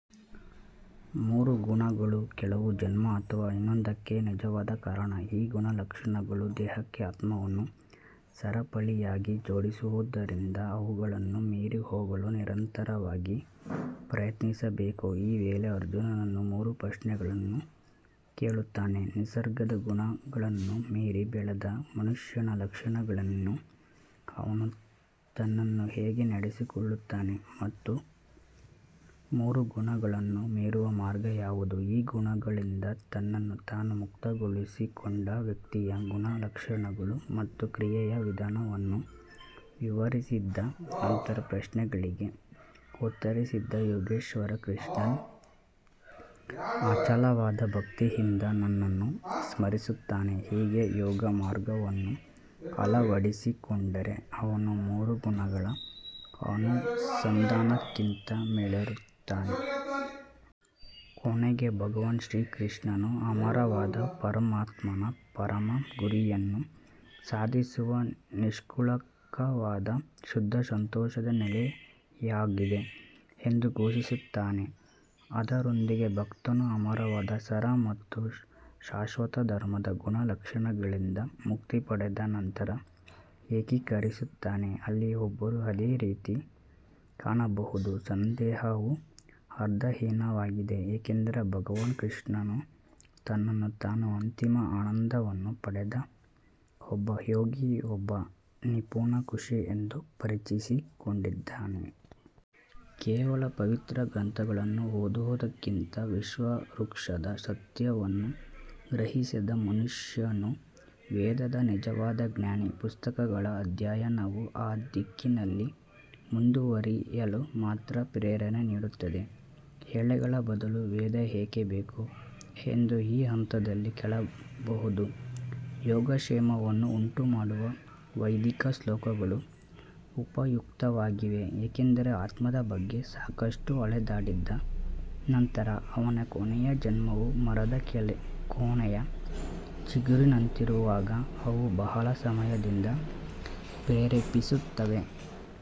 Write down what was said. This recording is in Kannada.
ಮೂರು ಗುಣಗಳು ಕೆಲವು ಜನ್ಮ ಅಥವಾ ಇನ್ನೊಂದಕ್ಕೆ ನಿಜವಾದ ಕಾರಣ ಈ ಗುಣಲಕ್ಷಣಗಳು ದೇಹಕ್ಕೆ ಆತ್ಮವನ್ನು ಸರಪಳಿಯಾಗಿ ಜೋಡಿಸುವುದರಿಂದ ಅವುಗಳನ್ನು ಮೀರಿ ಹೋಗಲು ನಿರಂತರವಾಗಿ ಪ್ರಯತ್ನಿಸಬೇಕು ಈ ವೇಳೆ ಅರ್ಜುನನು ಮೂರು ಪ್ರಶ್ನೆಗಳನ್ನು ಕೇಳುತ್ತಾನೆ ನಿಸರ್ಗದ ಗುಣಗಳನ್ನು ಮೀರಿ ಬೆಳೆದ ಮನುಷ್ಯನ ಲಕ್ಷಣಗಳೇನು ಅವನು ತನ್ನನ್ನು ಹೇಗೆ ನಡೆಸಿಕೊಳ್ಳುತ್ತಾನೆ ಮತ್ತು ಮೂರು ಗುಣಗಳನ್ನು ಮೀರುವ ಮಾರ್ಗ ಯಾವುದು ಈ ಗುಣಗಳಿಂದ ತನ್ನನ್ನು ತಾನು ಮುಕ್ತಗೊಳಿಸಿಕೊಂಡ ವ್ಯಕ್ತಿಯ ಗುಣಲಕ್ಷಣಗಳು ಮತ್ತು ಕ್ರಿಯೆಯ ವಿಧಾನವನ್ನು ವಿವರಿಸಿದ ನಂತರ ಪ್ರಶ್ನೆಗಳಿಗೆ ಉತ್ತರಿಸಿದ ಯೋಗೇಶ್ವರ ಕೃಷ್ಣನು ಅಚಲವಾದ ಭಕ್ತಿಯಿಂದ ನನ್ನನ್ನು ಸ್ಮರಿಸುತ್ತಾನೆ ಹೀಗೆ ಯೋಗಮಾರ್ಗವನ್ನು ಅಳವಡಿಸಿಕೊಂಡರೆ ಅವನು ಮೂರು ಗುಣಗಳ ಅನುಸಂಧಾನಕ್ಕಿಂತ ಮೇಲೇರುತ್ತಾನೆ. ಕೊನೆಗೆ ಭಗವಾನ್ ಶ್ರೀಕೃಷ್ಣನು ಅಮರವಾದ ಪರಮಾತ್ಮನ ಪರಮ ಗುರಿಯನ್ನು ಸಾಧಿಸುವ ನಿಷ್ಕಳಂಕವಾದ ಶುದ್ಧ ಸಂತೋಷದ ನೆಲೆಯಾಗಿದೆ ಎಂದು ಘೋಷಿಸುತ್ತಾನೆ ಅದರೊಂದಿಗೆ ಭಕ್ತನು ಅಮರವಾದ ಸಾರ ಮತ್ತು ಶಾಶ್ವತ ಧರ್ಮದ ಗುಣಲಕ್ಷಣಗಳಿಂದ ಮುಕ್ತಿ ಪಡೆದ ನಂತರ ಏಕೀಕರಿಸುತ್ತಾನೆ. ಅಲ್ಲಿ ಒಬ್ಬರು ಅದೇ ರೀತಿ ಕಾಣಬಹುದು ಸಂದೇಹವು ಅರ್ಥಹೀನವಾಗಿದೆ ಏಕೆಂದರೆ ಭಗವಾನ್ ಕೃಷ್ಣನು ತನ್ನನ್ನು ತಾನು ಅಂತಿಮ ಆನಂದವನ್ನು ಪಡೆದ ಒಬ್ಬ ಯೋಗಿ ಒಬ್ಬ ನಿಪುಣ ಋಷಿ ಎಂದು ಪರಿಚಯಿಸಿಕೊಂಡಿದ್ದಾನೆ. ಕೇವಲ ಪವಿತ್ರ ಗ್ರಂಥಗಳನ್ನು ಓದುವುದಕ್ಕಿಂತ ವಿಶ್ವವೃಕ್ಷದ ಸತ್ಯವನ್ನು ಗ್ರಹಿಸಿದ ಮನುಷ್ಯನು ವೇದದ ನಿಜವಾದ ಜ್ಞಾನಿ. ಪುಸ್ತಕಗಳ ಅಧ್ಯಯನವು ಆ ದಿಕ್ಕಿನಲ್ಲಿ ಮುಂದುವರಿಯಲು ಮಾತ್ರ ಪ್ರೇರಣೆ ನೀಡುತ್ತದೆ ಎಲೆಗಳ ಬದಲು ವೇದ ಏಕೆ ಬೇಕು ಎಂದು ಈ ಹಂತದಲ್ಲಿ ಕೇಳಬಹುದು ಯೋಗಕ್ಷೇಮವನ್ನು ಉಂಟುಮಾಡುವ ವೈದಿಕ ಶ್ಲೋಕಗಳು ಉಪಯುಕ್ತವಾಗಿವೆ ಏಕೆಂದರೆ ಆತ್ಮದ ಬಗ್ಗೆ ಸಾಕಷ್ಟು ಅಲೆದಾಡಿದ ನಂತರ ಅವನ ಕೊನೆಯ ಜನ್ಮವು ಮರದ ಕೊನೆಯ ಚಿಗುರಿನಂತಿರುವಾಗ ಅವು ಬಹಳ ಸಮಯದಿಂದ ಪ್ರೇರೇಪಿಸುತ್ತವೆ.